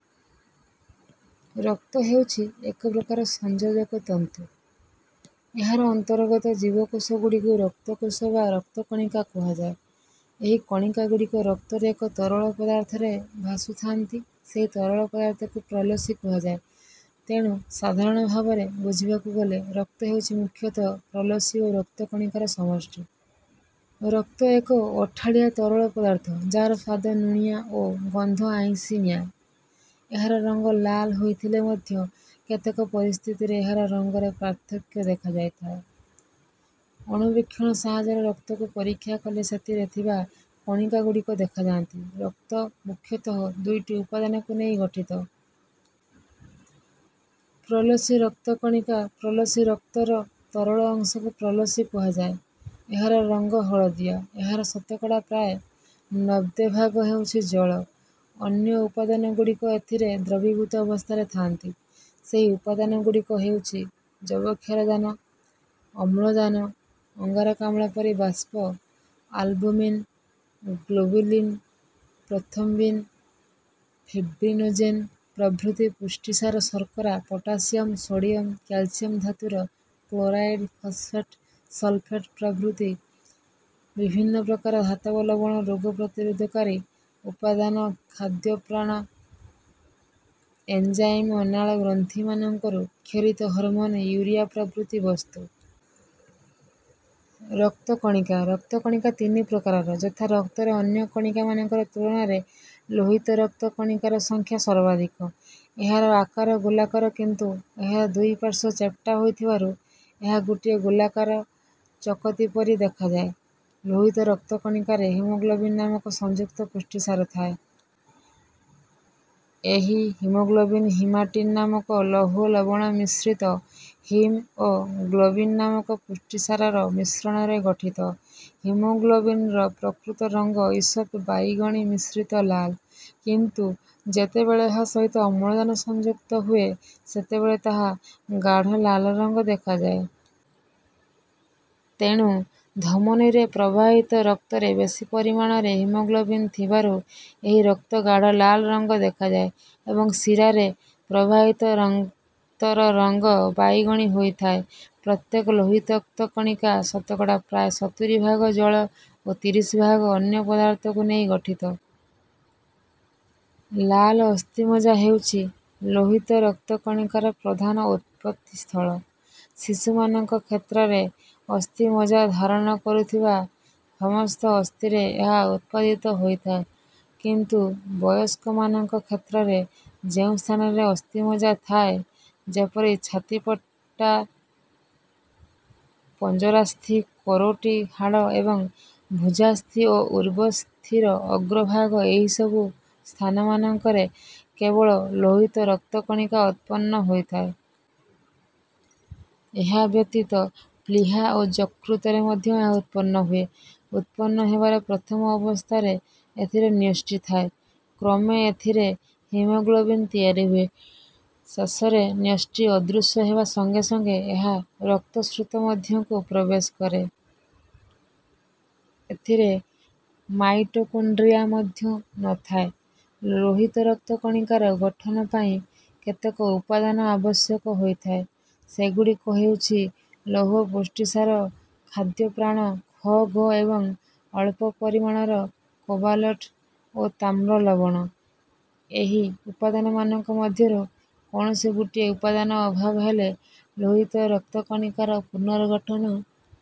ରକ୍ତ ହେଉଛି ଏକ ପ୍ରକାର ସଂଯୋଜକ ତନ୍ତୁ। ଏହାର ଅନ୍ତର୍ଗତ ଜୀବକୋଷଗୁଡ଼ିକୁ ରକ୍ତ କୋଷ ବା ରକ୍ତକଣିକା କୁହାଯାଏ। ଏହି କଣିକାଗୁଡ଼ିକ ରକ୍ତରେ ଏକ ତରଳ ପଦାର୍ଥରେ ଭାସୁଥାନ୍ତି ସେହି ତରଳ ପଦାର୍ଥକୁ ପ୍ରଲସି କୁହାଯାଏ। ତେଣୁ ସାଧାରଣ ଭାବରେ ବୁଝିବାକୁ ଗଲେ ରକ୍ତ ହେଉଛି ମୁଖ୍ୟତଃ ପ୍ରଲସି ଓ ରକ୍ତ କଣିକାର ସମଷ୍ଟି। ରକ୍ତ ଏକ ଅଠାଳିଆ ତରଳ ପଦାର୍ଥ ଯାହାର ସ୍ୱାଦ ଲୁଣିଆ ଓ ଗନ୍ଧ ଆଇଁଷିଣିଆ। ଏହାର ରଙ୍ଗ ଲାଲ ହୋଇଥିଲେ ମଧ୍ୟ କେତେକ ପରିସ୍ଥିତିରେ ଏହାର ରଙ୍ଗରେ ପାର୍ଥକ୍ୟ ଦେଖାଯାଇଥାଏ। ଅଣୁବୀକ୍ଷଣ ସାହାଯ୍ୟରେ ରକ୍ତକୁ ପରୀକ୍ଷା କଲେ ସେଥିରେ ଥିବା କଣିକାଗୁଡ଼ିକ ଦେଖାଯାନ୍ତି। ରକ୍ତ ମୁଖ୍ୟତଃ ଦୁଇଟି ଉପାଦାନକୁ ନେଇ ଗଠିତ। ପ୍ରଲସି ରକ୍ତକଣିକା। ପ୍ରଲସି ରକ୍ତର ତରଳ ଅଂଶକୁ ପ୍ରଲସି କୁହାଯାଏ। ଏହାର ରଙ୍ଗ ହଳଦିଆ। ଏହାର ଶତକଡ଼ା ପ୍ରାୟ ନବ୍ବେ ଭାଗ ହେଉଛି ଜଳ। ଅନ୍ୟ ଉପାଦାନଗୁଡ଼ିକ ଏଥିରେ ଦ୍ରବୀଭୂତ ଅବସ୍ଥାରେ ଥାନ୍ତି। ସେହି ଉପାଦାନଗୁଡ଼ିକ ହେଉଛି ଯବକ୍ଷାରଜାନ ଅମ୍ଳଜାନ ଅଙ୍ଗାରକାମ୍ଳ ପରି ବାଷ୍ପ ଆଲବୁମିନ୍ ଗ୍ଲୋବୁଲିନ୍ ପ୍ରୋଥ୍ରୋମ୍ବିନ୍ ଫିବ୍ରିନୋଜେନ୍ ପ୍ରଭୃତି ପୁଷ୍ଟିସାର ଶର୍କରା ପୋଟାସିୟମ୍ ସୋଡିୟମ୍ କ୍ୟାଲସିୟମ୍ ଧାତୁର କ୍ଲୋରାଇଡ୍ ଫସଫେଟ୍ ସଲଫେଟ୍ ପ୍ରଭୃତି ବିଭିନ୍ନ ପ୍ରକାର ଧାତବ ଲବଣ ରୋଗ ପ୍ରତିରୋଧକାରୀ ଉପାଦାନ ଖାଦ୍ୟପ୍ରାଣ ଏଞ୍ଜାଇମ୍ ଅନାଳ ଗ୍ରନ୍ଥିମାନଙ୍କରୁ କ୍ଷରିତ ହର୍ମୋନ୍ ୟୁରିଆ ପ୍ରଭୃତି ବସ୍ତୁ। ରକ୍ତ କଣିକା ରକ୍ତକଣିକା ତିନି ପ୍ରକାରର ଯଥା ରକ୍ତରେ ଅନ୍ୟ କଣିକାମାନଙ୍କ ତୁଳନାରେ ଲୋହିତ ରକ୍ତ କଣିକାର ସଂଖ୍ୟା ସର୍ବାଧିକ। ଏହାର ଆକାର ଗୋଲାକାର କିନ୍ତୁ ଏହାର ଦୁଇପାର୍ଶ୍ୱ ଚେପଟା ହୋଇଥିବାରୁ ଏହା ଗୋଟିଏ ଗୋଲାକାର ଚକତି ପରି ଦେଖାଯାଏ। ଲୋହିତ ରକ୍ତ କଣିକାରେ ହିମୋଗ୍ଲୋବିନ ନାମକ ସଂଯୁକ୍ତ ପୁଷ୍ଟିସାର ଥାଏ। ଏହି ହିମୋଗ୍ଲୋବିନ ହିମାଟିନ ନାମକ ଲୌହ ଲବଣ ମିଶ୍ରିତ ହିମ୍ ଓ ଗ୍ଲୋବିନ ନାମକ ପୁଷ୍ଟିସାରର ମିଶ୍ରଣରେ ଗଠିତ। ହିମାଗ୍ଲୋବିନର ପ୍ରକୃତ ରଙ୍ଗ ଈଷତ ବାଇଗଣୀ ମିଶ୍ରିତ ଲାଲ। କିନ୍ତୁ ଯେତେବେଳେ ଏହା ସହିତ ଅମ୍ଳଜାନ ସଂଯୁକ୍ତ ହୁଏ ସେତେବେଳେ ତାହା ଗାଢ଼ ଲାଲ ରଙ୍ଗ ଦେଖାଯାଏ। ତେଣୁ ଧମନୀରେ ପ୍ରବାହିତ ରକ୍ତରେ ବେଶି ପରିମାଣରେ ହିମୋଗ୍ଲୋବିନ ଥିବାରୁ ଏହି ରକ୍ତ ଗାଢ଼ଲାଲ ରଙ୍ଗ ଦେଖାଯାଏ ଏବଂ ଶିରାରେ ପ୍ରବାହିତ ରକ୍ତର ରଙ୍ଗ ବାଇଗଣୀ ହୋଇଥାଏ। ପ୍ରତ୍ୟେକ ଲୋହିତ ରକ୍ତ କଣିକା ଶତକଡ଼ା ପ୍ରାୟ ସତୁରି ଭାଗ ଜଳ ଓ ତିରିଶ ଭାଗ ଅନ୍ୟ ପଦାର୍ଥକୁ ନେଇ ଗଠିତ। ଲାଲ ଅସ୍ଥିମଜ୍ଜା ହେଉଛି ଲୋହିତ ରକ୍ତ କଣିକାର ପ୍ରଧାନ ଉତ୍ପତ୍ତିସ୍ଥଳ। ଶିଶୁମାନଙ୍କ କ୍ଷେତ୍ରରେ ଅସ୍ଥିମଜ୍ଜା ଧାରଣ କରୁଥିବା ସମସ୍ତ ଅସ୍ଥିରେ ଏହା ଉତ୍ପାଦିତ ହୋଇଥାଏ। କିନ୍ତୁ ବୟସ୍କମାନଙ୍କ କ୍ଷେତ୍ରରେ ଯେଉଁ ସ୍ଥାନରେ ଅସ୍ଥିମଜ୍ଜା ଥାଏ ଯେପରି ଛାତିପଟା ପଞ୍ଜରାସ୍ଥି କରୋଟି ହାଡ଼ ଏବଂ ଭୁଜାସ୍ଥି ଓ ଊର୍ବସ୍ଥିର ଅଗ୍ରଭାଗ ଏହିସବୁ ସ୍ଥାନମାନଙ୍କରେ କେବଳ ଲୋହିତ ରକ୍ତକଣିକା ଉତ୍ପନ୍ନ ହୋଇଥାଏ। ଏହା ବ୍ୟତୀତ ପ୍ଳୀହା ଓ ଯକୃତ ରେ ମଧ୍ୟ ଏହା ଉତ୍ପନ୍ନ ହୁଏ। ଉତ୍ପନ୍ନ ହେବାର ପ୍ରଥମ ଅବସ୍ଥାରେ ଏଥିରେ ନ୍ୟଷ୍ଟିଥାଏ। କ୍ରମେ ଏଥିରେ ହିମୋଗ୍ଲୋବିନ ତିଆରି ହୁଏ। ଶେଷରେ ନ୍ୟଷ୍ଟି ଅଦୃଶ୍ୟ ହେବା ସଙ୍ଗେ ସଙ୍ଗେ ଏହା ରକ୍ତ ସ୍ରୋତ ମଧ୍ୟକୁ ପ୍ରବେଶ କରେ। ଏଥିରେ ମାଇଟୋକଣ୍ଡ୍ରିଆ ମଧ୍ୟ ନଥାଏ। ଲୋହିତ ରକ୍ତ କଣିକାର ଗଠନ ପାଇଁ କେତେକ ଉପାଦାନ ଆବଶ୍ୟକ ହୋଇଥାଏ। ସେଗୁଡ଼ିକ ହେଉଛି ଲୌହ ପୁଷ୍ଟିସାର ଖାଦ୍ୟପ୍ରାଣ ଖ ଗ ଏବଂ ଅଳ୍ପ ପରିମାଣର କୋବାଲଟ୍ ଓ ତାମ୍ର ଲବଣ। ଏହି ଉପାଦାନମାନଙ୍କ ମଧ୍ୟରୁ କୌଣସି ଗୋଟିଏ ଉପାଦାନର ଅଭାବ ହେଲେ ଲୋହିତ ରକ୍ତ କଣିକାର ପୂର୍ଣ୍ଣଗଠନ